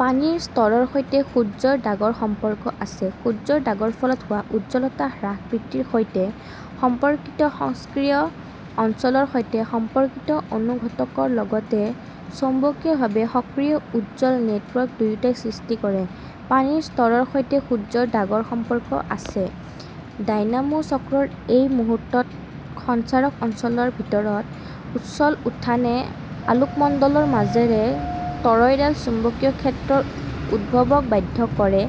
পানীৰ স্তৰৰ সৈতে সূৰ্য্যৰ দাগৰ সম্পৰ্ক আছে সূৰ্য্যৰ দাগৰ ফলত হোৱা উজ্জ্বলতা হ্ৰাস বৃদ্ধিৰ সৈতে সম্পৰ্কিত সক্ৰিয় অঞ্চলৰ সৈতে সম্পৰ্কিত অনুঘটকৰ লগতে চৌম্বকীয়ভাৱে সক্ৰিয় 'উজ্জ্বল নেটৱৰ্ক' দুয়োটাই সৃষ্টি কৰে। পানীৰ স্তৰৰ সৈতে সূৰ্য্যৰ দাগৰ সম্পৰ্ক আছে ডাইনামো চক্ৰৰ এই মুহূৰ্তত, সঞ্চাৰক অঞ্চলৰ ভিতৰত উচ্ছল উত্থানে আলোকমণ্ডলৰ মাজেৰে টৰয়ডাল চুম্বকীয় ক্ষেত্ৰৰ উদ্ভৱক বাধ্য কৰে,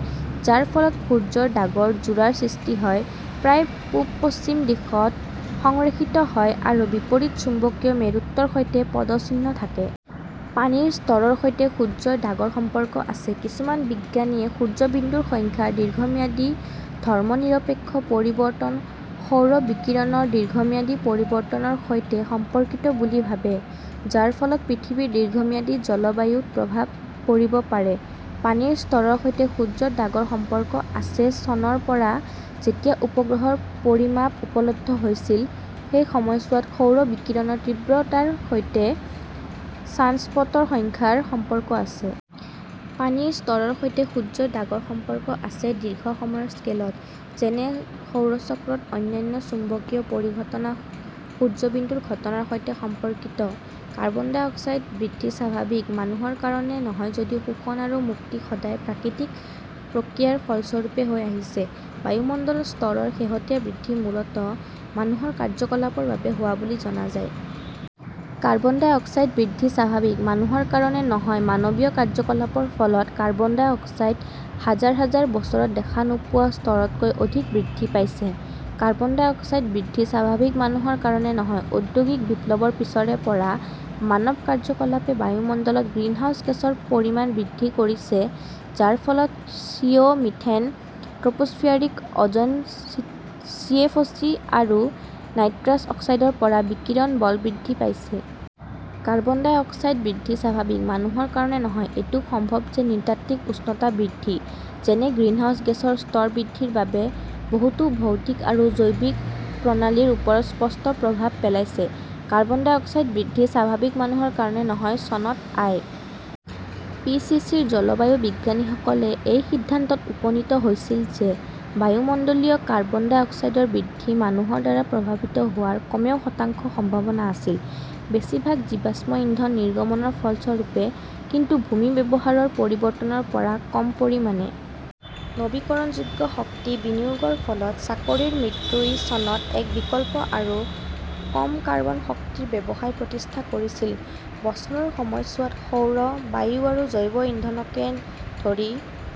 যাৰ ফলত সূৰ্য্যৰ দাগৰ যোৰাৰ সৃষ্টি হয়, প্ৰায় পূব-পশ্চিম দিশত সংৰেখিত হয় আৰু বিপৰীত চুম্বকীয় মেৰুত্বৰ সৈতে পদচিহ্ন থাকে। পানীৰ স্তৰৰ সৈতে সূৰ্য্যৰ দাগৰ সম্পৰ্ক আছে কিছুমান বিজ্ঞানীয়ে সূৰ্য্যবিন্দুৰ সংখ্যাৰ দীৰ্ঘম্যাদী ধৰ্মনিৰপেক্ষ পৰিৱৰ্তন সৌৰ বিকিৰণৰ দীৰ্ঘম্যাদী পৰিৱৰ্তনৰ সৈতে সম্পৰ্কিত বুলি ভাবে, যাৰ ফলত পৃথিৱীৰ দীৰ্ঘম্যাদী জলবায়ুত প্ৰভাৱ পৰিব পাৰে। পানীৰ স্তৰৰ সৈতে সূৰ্য্যৰ দাগৰ সম্পৰ্ক আছে চনৰ পৰা, যেতিয়া উপগ্ৰহৰ পৰিমাপ উপলব্ধ হৈছিল, সেই সময়ছোৱাত সৌৰ বিকিৰণৰ তীব্ৰতাৰ সৈতে ছানস্পটৰ সংখ্যাৰ সম্পৰ্ক আছে। পানীৰ স্তৰৰ সৈতে সূৰ্য্যৰ দাগৰ সম্পৰ্ক আছে দীৰ্ঘ সময়ৰ স্কেলত, যেনে সৌৰ চক্ৰত, অন্যান্য চুম্বকীয় পৰিঘটনা সূৰ্য্যবিন্দুৰ ঘটনাৰ সৈতে সম্পৰ্কিত। কাৰ্বন ডাই অক্সাইড বৃদ্ধি স্বাভাৱিক, মানুহৰ কাৰণে নহয় যদিও শোষণ আৰু মুক্তি সদায় প্ৰাকৃতিক প্ৰক্ৰিয়াৰ ফলস্বৰূপে হৈ আহিছে, বায়ুমণ্ডলত স্তৰৰ শেহতীয়া বৃদ্ধি মূলতঃ মানুহৰ কাৰ্যকলাপৰ বাবে হোৱা বুলি জনা যায়। কাৰ্বন ডাই অক্সাইড বৃদ্ধি স্বাভাৱিক, মানুহৰ কাৰণে নহয় মানৱীয় কাৰ্যকলাপৰ ফলত কাৰ্বন ডাই অক্সাইড হাজাৰ হাজাৰ বছৰত দেখা নোপোৱা স্তৰতকৈ অধিক বৃদ্ধি পাইছে। কাৰ্বন ডাই অক্সাইড বৃদ্ধি স্বাভাৱিক, মানুহৰ কাৰণে নহয় ঔদ্যোগিক বিপ্লৱৰ পিছৰে পৰা মানৱ কাৰ্যকলাপে বায়ুমণ্ডলত গ্ৰীণহাউচ গেছৰ পৰিমাণ বৃদ্ধি কৰিছে, যাৰ ফলত CO ", methane, tropospheric ozone, CFC আৰু নাইট্ৰাছ অক্সাইডৰ পৰা বিকিৰণ বল বৃদ্ধি পাইছে। কাৰ্বন ডাই অক্সাইড বৃদ্ধি স্বাভাৱিক, মানুহৰ কাৰণে নহয় এইটো সম্ভৱ যে নৃতাত্ত্বিক উষ্ণতা বৃদ্ধি, যেনে গ্ৰীণহাউচ গেছৰ স্তৰ বৃদ্ধিৰ বাবে, বহুতো ভৌতিক আৰু জৈৱিক প্ৰণালীৰ ওপৰত স্পষ্ট প্ৰভাৱ পেলাইছে। কাৰ্বন ডাই অক্সাইড বৃদ্ধি স্বাভাৱিক, মানুহৰ কাৰণে নহয় চনত আই. পি. চি. চি. -ৰ জলবায়ু বিজ্ঞানীসকলে এই সিদ্ধান্তত উপনীত হৈছিল যে বায়ুমণ্ডলীয় কাৰ্বন ডাই অক্সাইডৰ বৃদ্ধি মানুহৰ দ্বাৰা প্ৰভাৱিত হোৱাৰ কমেও শতাংশ সম্ভাৱনা আছিল, বেছিভাগ জীৱাশ্ম ইন্ধন নিৰ্গমনৰ ফলস্বৰূপে, কিন্তু ভূমি ব্যৱহাৰৰ পৰিৱৰ্তনৰ পৰা কম পৰিমাণে। নৱীকৰণযোগ্য শক্তি বিনিয়োগৰ ফলত চাকৰিৰ মৃত্যু ই চনত এক বিকল্প আৰু কম কাৰ্বন শক্তিৰ ব্যৱসায় প্ৰতিষ্ঠা কৰিছিল, বছৰৰ সময়ছোৱাত সৌৰ, বায়ু আৰু জৈৱ ইন্ধনকে ধৰি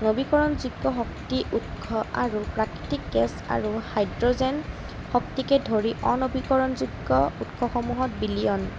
নৱীকৰণযোগ্য শক্তি উৎস, আৰু প্ৰাকৃতিক গেছ আৰু হাইড্ৰ "জেন শক্তিকে ধৰি অ-নৱীকৰণযোগ্য উৎসসমূহত বিলিয়ন